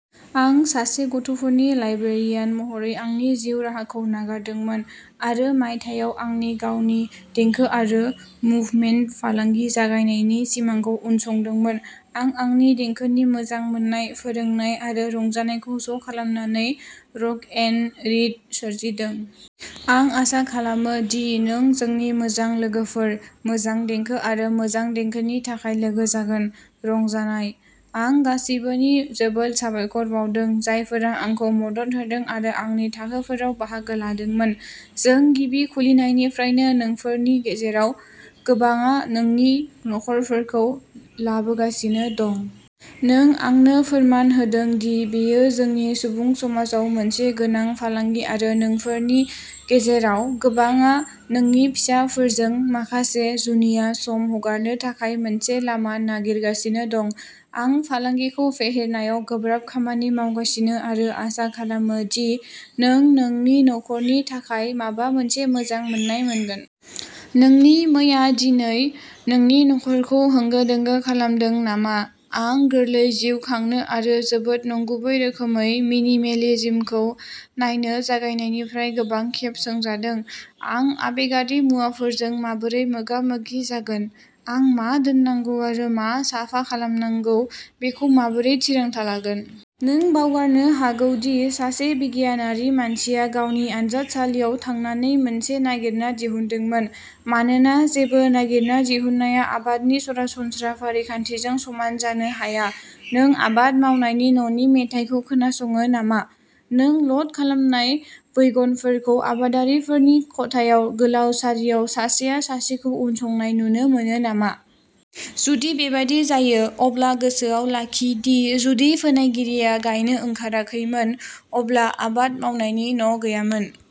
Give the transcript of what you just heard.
आं सासे गथ'फोरनि लाइब्रेरियान महरै आंनि जिउ राहाखौ नागारदोंमोन आरो मायथाइयाव आंनि गावनि देंखो आरो मुभमेन्ट फालांगि जागायनायनि सिमांखौ उनसंदोंमोन। आं आंनि देंखोनि मोजां मोननाय, फोरोंनाय आरो रंजानायखौ ज'खालामनानै रक एन रीड सोरजिदों। आं आसा खालामो दि नों जोंनि मोजां लोगोफोर, मोजां देंखो आरो मोजां देंखोनि थाखाय लोगो जागोन। रंजानाय! आं गासिबोनो जोबोद साबायखर बाउदों, जायफोरा आंखौ मदद होदों आरो आंनि थाखोफोराव बाहागो लादोंमोन। जों गिबि खुलिनायनिफ्रायनो नोंफोरनि गेजेराव गोबांआ नोंनि नखरफोरखौ लाबोगासिनो दं। नों आंनो फोरमान होदों दि बेयो जोंनि सुबुं समाजाव मोनसे गोनां फालांगि आरो नोंफोरनि गेजेराव गोबांआ नोंनि फिसाफोरजों माखासे जुनिया सम हगारनो थाखाय मोनसे लामा नागिरगासिनो दं। आं फालांगिखौ फेहेरनायाव गोब्राब खामानि मावगासिनो आरो आसा खालामो दि नों नोंनि नखरनि थाखाय माबा मोनसे मोजां मोन्नाय मोनगोन। नोंनि मैया दिनै नोंनि न'खरखौ होंगो-दोंगो खालामदों नामा? आं गोरलै जिउ खांनो आरो जोबोद नंगुबै रोखोमै मिनिमेलिज्मखौ नायनो जागायनायनिफ्राय गोबां खेब सोंजादों। आं आबेगारि मुवाफोरजों माबोरै मोगा-मोगि जागोन? आं मा दोननांगौ आरो मा साफा खालामनांगौ बेखौ माबोरै थिरांथा लागोन? नों बावगारनो हागौ दि सासे बिगियानारि मानसिया गावनि आनजादसालियाव थांनानै मोनसे नागिरना दिहुनदोंमोन, मानोना जेबो नागिरना दिहुननाया आबादनि सरासनस्रा फारिखान्थिजों समान जानो हाया। नों आबाद मावनायनि न'नि मेथाइखौ खोनासङो नामा? नों ल'ड खालामनाय वैगनफोरखौ आबादारिफोरनि खथायाव गोलाव सारियाव सासेया सासेखौ उनसंनाय नुनो मोनो नामा? जुदि बेबादि जायो, अब्ला गोसोआव लाखि दि जुदि फोनायगिरिया गायनो ओंखाराखैमोन अब्ला आबाद मावनायनि न'गैयामोन!